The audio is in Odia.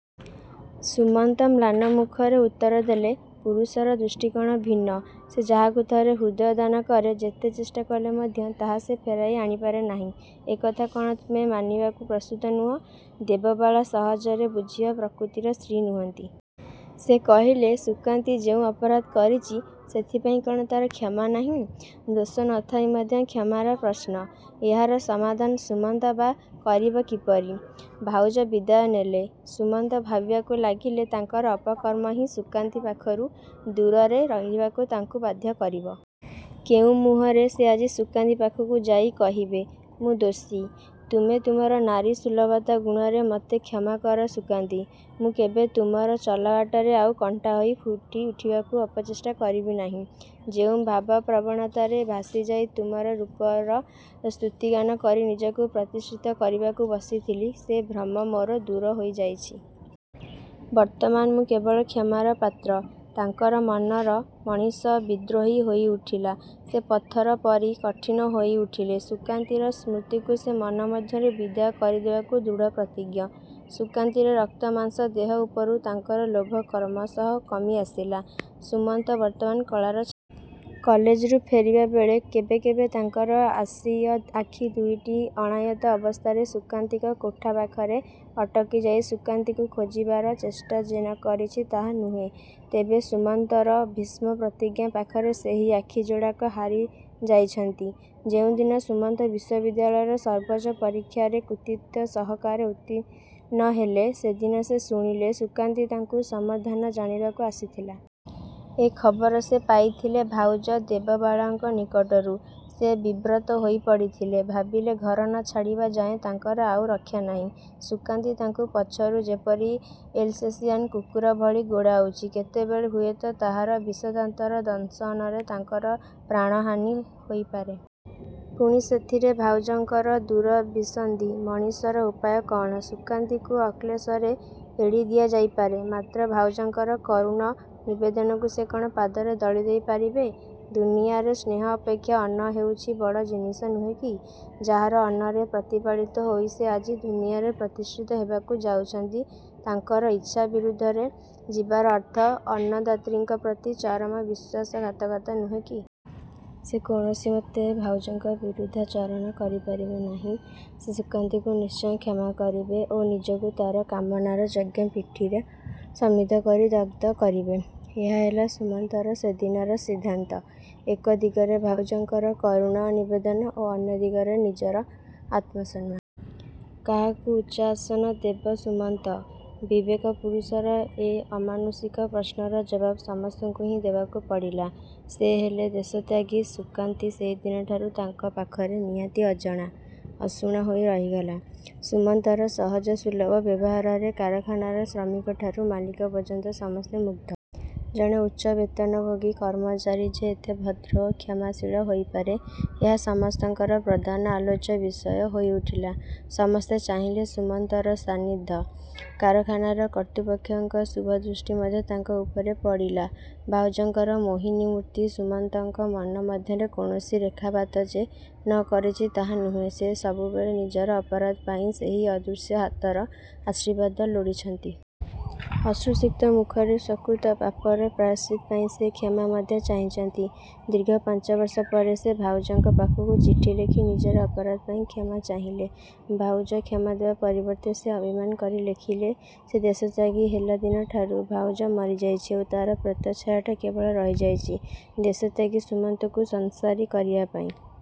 '' ସୁମନ୍ତ ମ୍ଳାନ ମୁଖରେ ଉତ୍ତରଦେଲେ, ''ପୁରୁଷର ଦୃଷ୍ଟିକୋଣ ଭିନ୍ନ। ସେ ଯାହାକୁ ଥରେ ହୃଦୟ ଦାନ କରେ। ଯେତେ ଚେଷ୍ଟାକଲେ ମଧ୍ୟ ତାହା ସେ ଫେରାଇ ଆଣିପାରେ ନାହିଁ। ଏ କଥା କ'ଣ ତୁମେ ମାନିବାକୁ ପ୍ରସ୍ତୁତ ନୁହଁ? '' ଦେବବାଳା ସହଜରେ ବୁଝିବା ପ୍ରକୃତିର ସ୍ତ୍ରୀ ନୁହଁନ୍ତି। ସେ କହିଲେ, ''ସୁକାନ୍ତୀ ଯେଉଁ ଅପରାଧ କରିଛି ସେଥିପାଇଁ କ'ଣ ତା'ର କ୍ଷମା ନାହିଁ? '' ଦୋଷ ନ ଥାଇ ମଧ୍ୟ କ୍ଷମାର ପ୍ରଶ୍ନ? ଏହାର ସମାଧାନ ସୁମନ୍ତ ବା କରିବ କିପରି? ଭାଉଜ ବିଦାୟ ନେଲେ। ସୁମନ୍ତ ଭାବିବାକୁ ଲାଗିଲେ ତାଙ୍କର ଅପକର୍ମ ହିଁ ସୁକାନ୍ତୀ ପାଖରୁ ଦୂରରେରହିବାକୁ ତାଙ୍କୁ ବାଧ୍ୟ କରିବ। କେଉଁ ମୁହଁରେ ସେ ଆଜି ସୁକାନ୍ତୀ ପାଖକୁ ଯାଇ କହିବେ, ''ମୁଁ ଦୋଷୀ। ତୁମେ ତୁମର ନାରୀ ସୁଲଭତା ଗୁଣରେ ମୋତେ କ୍ଷମାକର ସୁକାନ୍ତୀ। ମୁଁ କେବେ ତୁମର ଚଲାବାଟରେ ଆଉ କଣ୍ଟାହୋଇ ଫୁଟିଉଠିବାକୁ ଅପଚେଷ୍ଟା କରିବି ନାହିଁ। ଯେଉଁ ଭାବପ୍ରବଣତାରେ ଭାସିଯାଇ ତୁମର ରୂପର ସ୍ତୁତିଗାନ କରି ନିଜକୁ ପ୍ରତିଷ୍ଠିତ କରିବାକୁ ବସିଥିଲି, ସେ ଭ୍ରମ ମୋର ଦୂର ହୋଇଯାଇଛି। ବର୍ତ୍ତମାନ ମୁଁ କେବଳ କ୍ଷମାର ପାତ୍ର। '' ତାଙ୍କର ମନର ମଣିଷ ବିଦ୍ରୋହୀ ହୋଇଉଠିଲା। ସେ ପଥର ପରି କଠିନ ହୋଇଉଠିଲେ। ସୁକାନ୍ତୀର ସ୍ମୃତିକୁ ସେ ମନ ମଧ୍ୟରୁ ବିଦାୟ କରିଦେବାକୁ ଦୃଢ଼ପ୍ରତିଜ୍ଞ। ସୁକାନ୍ତୀର ରକ୍ତମାଂସ ଦେହ ଉପରୁ ତାଙ୍କର ଲୋଭ କ୍ରମଶଃ କମିଆସିଲା। ସୁମନ୍ତ ବର୍ତ୍ତମାନ କଳାର ଛାତ୍ର। କଲେଜରୁ ଫେରିବାବେଳେ କେବେକେବେ ତାଙ୍କର ଆଶାୟୀ ଆଖି ଦୁଇଟି ଅଣାୟତ୍ତ ଅବସ୍ଥାରେ ସୁକାନ୍ତୀଙ୍କ କୋଠା ପାଖରେ ଅଟକି ଯାଇ ସୁକାନ୍ତୀକୁ ଖୋଜିବାର ଚେଷ୍ଟା ଯେ ନ କରିଛି ତାହା ନୁହେଁ, ତେବେ ସୁମନ୍ତର ଭୀଷ୍ମ ପ୍ରତିଜ୍ଞା ପାଖରେ ସେହି ଆଖି ଯୋଡ଼ାକ ହାରି ଯାଇଛନ୍ତି। ଯେଉଁ ଦିନ ସୁମନ୍ତ ବିଶ୍ୱବିଦ୍ୟାଳୟର ସର୍ବୋଚ୍ଚ ପରୀକ୍ଷାରେ କୃତିତ୍ଵ ସହକାରେ ଉତ୍ତୀର୍ଣ୍ଣ ହେଲେ, ସେଦିନ ସେ ଶୁଣିଲେ ସୁକାନ୍ତୀ ତାଙ୍କୁ ସମ୍ବର୍ଦ୍ଧନା ଜଣାଇବାକୁ ଆସିଥିଲା। ଏ ଖବର ସେ ପାଇଥିଲେ ଭାଉଜ ଦେବବାଳାଙ୍କ ନିକଟରୁ। ସେ ବିବ୍ରତ ହୋଇପଡ଼ିଥିଲେ। ଭାବିଲେ ଘର ନ ଛାଡ଼ିବା ଯାଏ ତାଙ୍କର ଆଉ ରକ୍ଷାନାହିଁ। ସୁକାନ୍ତୀ ତାଙ୍କୁ ପଛରୁ ଯେପରି ଏଲସେସିଆନ୍ କୁକୁର ଭଳି ଗୋଡ଼ାଉଛି କେତେବେଳେ ହୁଏତ ତାହାର ବିଷଦାନ୍ତର ଦଂଶନରେ ତାଙ୍କର ପ୍ରାଣହାନୀ ହୋଇପାରେ। ପୁଣି ସେଥିରେ ଭାଉଜଙ୍କର ଦୁରଭିସନ୍ଧି! ମଣିଷର ଉପାୟ କ'ଣ? ସୁକାନ୍ତୀକୁ ଅକ୍ଳେଶରେ ଏଡ଼ିଦିଆଯାଇପାରେ; ମାତ୍ର ଭାଉଜଙ୍କର କରୁଣ ନିବେଦନକୁ ସେ କ'ଣ ପାଦରେ ଦଳିଦେଇ ପାରିବେ? ଦୁନିଆରେ ସ୍ନେହ ଅପେକ୍ଷା ଅନ୍ନ ହେଉଛି ବଡ଼ ଜିନିଷ ନୁହେଁ କି? ଯାହାର ଅନ୍ନରେ ପ୍ରତିପାଳିତ ହୋଇ ସେ ଆଜି ଦୁନିଆରେ ପ୍ରତିଷ୍ଠିତ ହେବାକୁ ଯାଉଛନ୍ତି ତାଙ୍କର ଇଚ୍ଛା ବିରୁଦ୍ଧରେ ଯିବାର ଅର୍ଥ ଅନ୍ନଦାତ୍ରୀଙ୍କପ୍ରତି ଚରମ ବିଶ୍ୱାସଘାତକତା ନୁହେଁ କି? ସେ କୌଣସିମତେ ଭାଉଜଙ୍କ ବିରୁଦ୍ଧାଚରଣ କରିପାରିବେ ନାହିଁ। ସେ ସୁକାନ୍ତୀକୁ ନିଶ୍ଚୟ କ୍ଷମା କରିବେ ଓ ନିଜକୁ ତା'ର କାମନାର ଯଜ୍ଞପୀଠରେ ସମିଧ କରି ଦଗ୍ଧ କରିବେ। ଏହା ହେଲା ସୁମନ୍ତର ସେଦିନର ସିଦ୍ଧାନ୍ତ। ଏକ ଦିଗରେ ଭାଉଜଙ୍କର କରୁଣ ନିବେଦନ ଓ ଅନ୍ୟ ଦିଗରେ ନିଜର ଆତ୍ମସମ୍ମାନ। କାହାକୁ ଉଚ୍ଚଆସନ ଦେବ ସୁମନ୍ତ? ବିବେକ ପୁରୁଷର ଏ ଅମାନୁଷିକ ପ୍ରଶ୍ନର ଜବାବ୍ ସୁମନ୍ତଙ୍କୁ ହିଁ ଦେବାକୁ ପଡ଼ିଲା। ସେ ହେଲେ ଦେଶତ୍ୟାଗୀ। ସୁକାନ୍ତୀ ସେହିଦିନଠାରୁ ତାଙ୍କ ପାଖରେ ନିହାତି ଅଜଣା, ଅଶୁଣା ହୋଇ ରହିଗଲା। ସୁମନ୍ତର ସହଜସୁଲଭ ବ୍ୟବହାରରେ କାରଖାନାର ଶ୍ରମିକଠାରୁ ମାଲିକ ପର୍ଯ୍ୟନ୍ତ ସମସ୍ତେ ମୁଗ୍ଧ। ଜଣେ ଉଚ୍ଚ ବେତନଭୋଗୀ କର୍ମଚାରୀ ଯେ ଏତେ ଭଦ୍ର ଓ କ୍ଷମାଶୀଳ ହୋଇପାରେ ଏହା ସମସ୍ତଙ୍କର ପ୍ରଧାନ ଆଲୋଚ୍ୟ ବିଷୟ ହୋଇଉଠିଲା। ସମସ୍ତେ ଚାହିଁଲେ ସୁମନ୍ତର ସାନିଧ୍ୟ। କାରଖାନାର କର୍ତ୍ତୃପକ୍ଷଙ୍କ ଶୁଭଦୃଷ୍ଟି ମଧ୍ୟ ତାଙ୍କ ଉପରେ ପଡ଼ିଲା। ଭାଉଜଙ୍କର ମୋହିନୀ ମୂର୍ତ୍ତି ସୁମନ୍ତଙ୍କ ମନ ମଧ୍ୟରେ କୌଣସି ରେଖାପାତ ଯେ ନ କରିଛି ତାହା ନୁହେଁ, ସେ ସବୁବେଳେ ନିଜର ଅପରାଧ ପାଇଁ ସେହି ଅଦୃଶ୍ୟ ହାତର ଆଶୀର୍ବାଦ ଲୋଡ଼ିଛନ୍ତି। ଅଶ୍ରୁସିକ୍ତ ମୁଖରେ ସ୍ୱକୃତ ପାପର ପ୍ରାୟଶ୍ଚିତ୍ତ ପାଇଁ ସେ କ୍ଷମା ମଧ୍ୟ ଚାହିଁଛନ୍ତି। ଦୀର୍ଘ ପାଞ୍ଚବର୍ଷ ପରେ ସେ ଭାଉଜଙ୍କ ପାଖକୁ ଚିଠି ଲେଖି ନିଜର ଅପରାଧ ପାଇଁ କ୍ଷମା ଚାହିଁଲେ। ଭାଉଜ କ୍ଷମାଦେବା ପରିବର୍ତ୍ତେ ସେ ଅଭିମାନ କରି ଲେଖିଲେ, 'ସେ ଦେଶତ୍ୟାଗୀ ହେଲା ଦିନଠାରୁ ଭାଉଜ ମରିଯାଇଛି ଓ ତା'ର ପ୍ରେତ ଛାୟାଟା କେବଳ ରହିଯାଇଛି ଦେଶତ୍ୟାଗୀ ସୁମନ୍ତଙ୍କୁ ସଂସାରୀ କରିବା ପାଇଁ।